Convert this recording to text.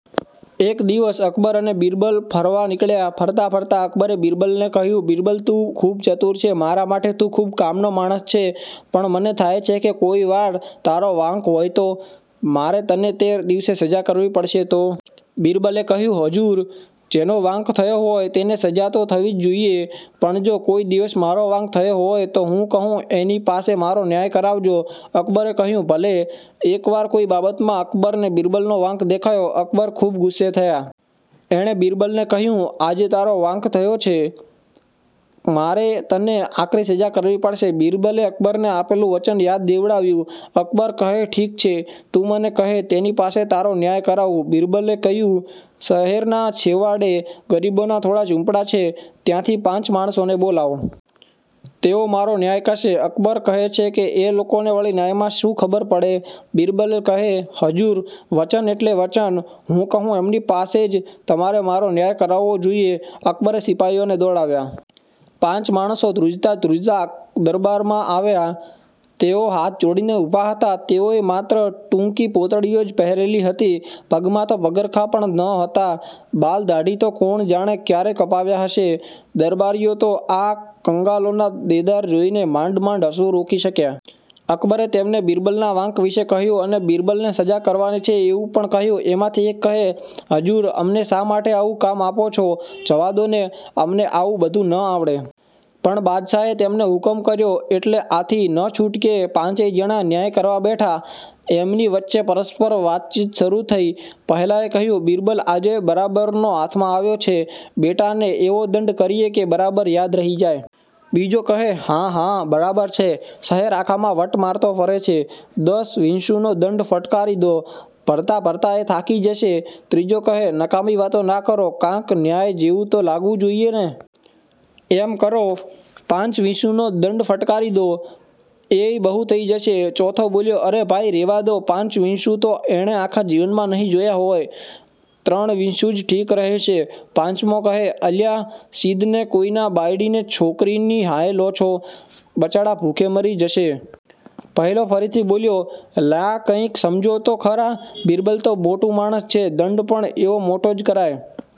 એક દિવસ અકબર અને બીરબલ ફરવા નિકળ્યા. ફરતાં ફરતાં અકબરે બીરબલને કહ્યું, બીરબલ તું ખૂબ ચતુર છે. મારા માટે તું ખૂબ કામનો માણસ છે, પણ મને થાય છે કે કોઈ વાર તારો વાંક હોય તો, મારે તને તેર દિવસે સજા કરવી પડશે તો? બીરબલે કહ્યું, હજુર! જેનો વાંક થયો હોય તેને સજા તો થવી જ જોઇએ. પણ જો કોઈ દિવસ મારો વાંક થયો હોય તો હું કહું એની પાસે મારો ન્યાય કરાવજો. અકબરે કહ્યું, ભલે. એક વાર કોઈ બાબતમાં અકબરને બીરબલનો વાંક દેખાયો, અકબર ખૂબ ગુસ્સે થયાં. એણે બીરબલને કહ્યું આજે તારો વાંક થયો છે. મારે તને આકરી સજા કરવી પડશે. બીરબલે અકબરને આપેલું વચન યાદ દેવડાવ્યું. અકબર કહે ઠીક છે, તું મને કહે તેની પાસે તારો ન્યાય કરાવું. બીરબલે કહ્યું શહેરનાં છેવાડે ગરીબોના થોડા ઝુંપડા છે ત્યાંથી પાંચ માણસોને બોલાવો. તેઓ મારો ન્યાય કરશે. અકબર કહે કે એ લોકોને વળી ન્યાયમાં શું ખબર પડે? બીરબલ કહે, હજુર! વચન એટલે વચન. હું કહું એમની પાસે જ તમારે મારો ન્યાય કરાવવો જોઈએ. અકબરે સિપાઈઓને દોડાવ્યાં. પાંચ માણસો ધ્રૂજતા ધ્રૂજતા દરબારમાં આવ્યાં. તેઓ હાથ જોડીને ઉભા હતા. તેઓએ માત્ર ટૂંકી પોતડીઓ જ પહેરેલી હતી. પગમાં તો પગરખા પણ ન હતાં. બાલ-દાઢી તો કોણ જાણે ક્યારે કપાવ્યાં હશે! દરબારીઓ તો આ કંગાલોના દેદાર જોઈને માંડ માંડ હસવું રોકી શકયાં. અકબરે તેમને બીરબલનાં વાંક વિશે કહ્યું અને બીરબલને સજા કરવાની છે એવું પણ કહ્યું. એમાંથી એક કહે, હજૂર અમને શા માટે આવું કામ આપો છો? જવા દો ને, અમને આવું બધું ન આવડે. પણ બાદશાહે તેમને હુકમ કર્યોં એટલે આથી નછૂટકે પાંચેય જણા ન્યાય કરવાં બેઠાં. એમની વચ્ચે પરસ્પર વાતચીત શરૂ થઈ. પહેલાએ કહ્યું- બીરબલ આજે બરાબરનો હાથમાં આવ્યો છે, બેટાને એવો દંડ કરીએ કે બરાબર યાદ રહી જાય! બીજો કહે હા, હા, બરાબર છે, શહેર આખામાં વટ મારતો ફરે છે, દસ વીશુંનો દંડ ફટકારી દો. ભરતાં ભરતાં એ થાકી જશે. ત્રીજો કહે, નકામી વાતો ના કરો, કાંક ન્યાય જેવું તો લાગવું જોઈએ ને? એમ કરો, પાંચ વીશુંનો દંડ ફટકારી દો. એય બહુ થઈ જશે. ચોથો બોલ્યો અરે ભાઇ રે'વા દો, પાંચ વીશું તો એણે આખા જીવનમાં નહીં જોયા હોય. ત્રણ વીશું જ ઠીક રહેશે. પાંચમો કહે, અલ્યાં શીદને કોઈના બાયડી ને છોકરીની હાય લો છો, બચાડા ભૂખે મરી જશે. પહેલો ફરીથી બોલ્યો લ્યાં કંઈક સમજો તો ખરા! બીરબલ તો મોટું માણસ છે, દંડ પણ એવો મોટો જ કરાય